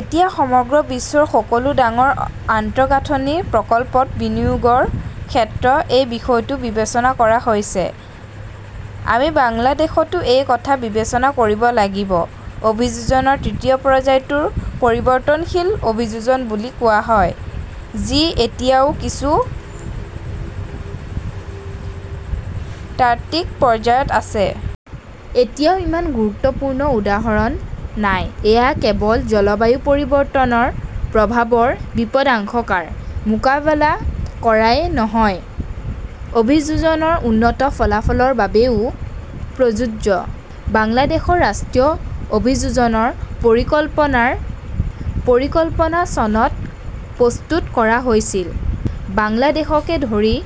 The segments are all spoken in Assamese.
এতিয়া সমগ্ৰ বিশ্বৰ সকলো ডাঙৰ আন্তঃগাঁথনি প্ৰকল্পত বিনিয়োগৰ ক্ষেত্ৰৰ এই বিষয়টো বিবেচনা কৰা হৈছে। আমি বাংলাদেশতো এই কথা বিবেচনা কৰিব লাগিব। অভিযোজনৰ তৃতীয় পৰ্যায়টো পৰিৱৰ্তনশীল অভিযোজন বুলি কোৱা হয়, যি এতিয়াও কিছু তাত্ত্বিক পৰ্যায়ত আছে। এতিয়াও ইমান গুৰুত্বপূৰ্ণ উদাহৰণ নাই। এয়া কেৱল জলবায়ু পৰিৱৰ্তনৰ প্ৰভাৱৰ বিপদাংশকাৰ মোকাবিলা কৰাই নহয়, অভিযোজনৰ উন্নত ফলাফলৰ বাবেও প্ৰযোজ্য। বাংলাদেশৰ ৰাষ্ট্ৰীয় অভিযোজন পৰিকল্পনাৰ পৰিকল্পনা চনত প্ৰস্তুত কৰা হৈছিল। বাংলাদেশকে ধৰি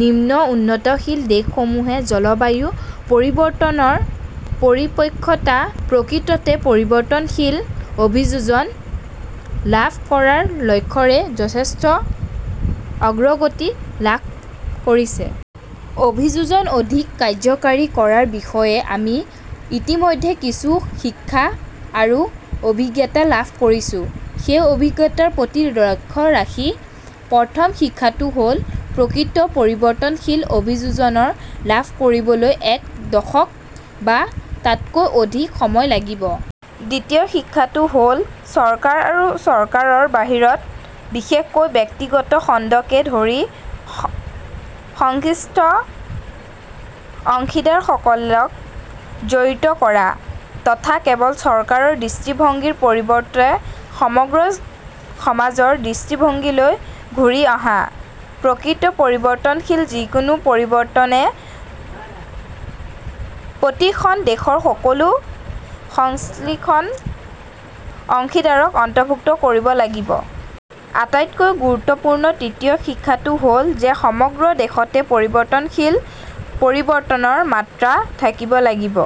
নিম্ন উনন্নতশীল দেশসমূহে জলবায়ু পৰিৱৰ্তনৰ পৰিপক্ষতা প্ৰকৃততে পৰিৱৰ্তনশীল অভিযোজন লাভ কৰাৰ লক্ষ্যৰে যথেষ্ট অগ্ৰগতি লাভ কৰিছে। অভিযোজন অধিক কাৰ্যকাৰী কৰাৰ বিষয়ে আমি ইতিমধ্যে কিছু শিক্ষা আৰু অভিজ্ঞতা লাভ কৰিছো। সেই অভিজ্ঞতাৰ প্ৰতি লক্ষ্য ৰাখি প্ৰথম শিক্ষাটো হ'ল, প্ৰকৃত পৰিৱৰ্তনশীল অভিযোজনৰ লাভ কৰিবলৈ এক দশক বা তাতকৈ অধিক সময় লাগিব। দ্বিতীয় শিক্ষাটো হ'ল, চৰকাৰ আৰু চৰকাৰৰ বাহিৰত বিশেষকৈ ব্যক্তিগত খণ্ডকে ধৰি সং সংশ্লিষ্ট অংশীদাৰসকলক জড়িত কৰা। তথা কেৱল চৰকাৰৰ দৃষ্টিভংগীৰ পৰিৱৰ্তে সমগ্ৰ সমাজৰ দৃষ্টিভংগীলৈ ঘূৰি অহা। প্ৰকৃত পৰিৱৰ্তনশীল যিকোনো পৰিৱৰ্তনে প্ৰতিখন দেশৰ সকলো সংশ্লিষন অংশীদাৰক অন্তৰ্ভুক্ত কৰিব লাগিব। আটাইতকৈ গুৰুত্বপূৰ্ণ তৃতীয় শিক্ষাটো হ'ল যে, সমগ্ৰ দেশতে পৰিৱৰ্তনশীল পৰিৱৰ্তনৰ মাত্ৰা থাকিব লাগিব।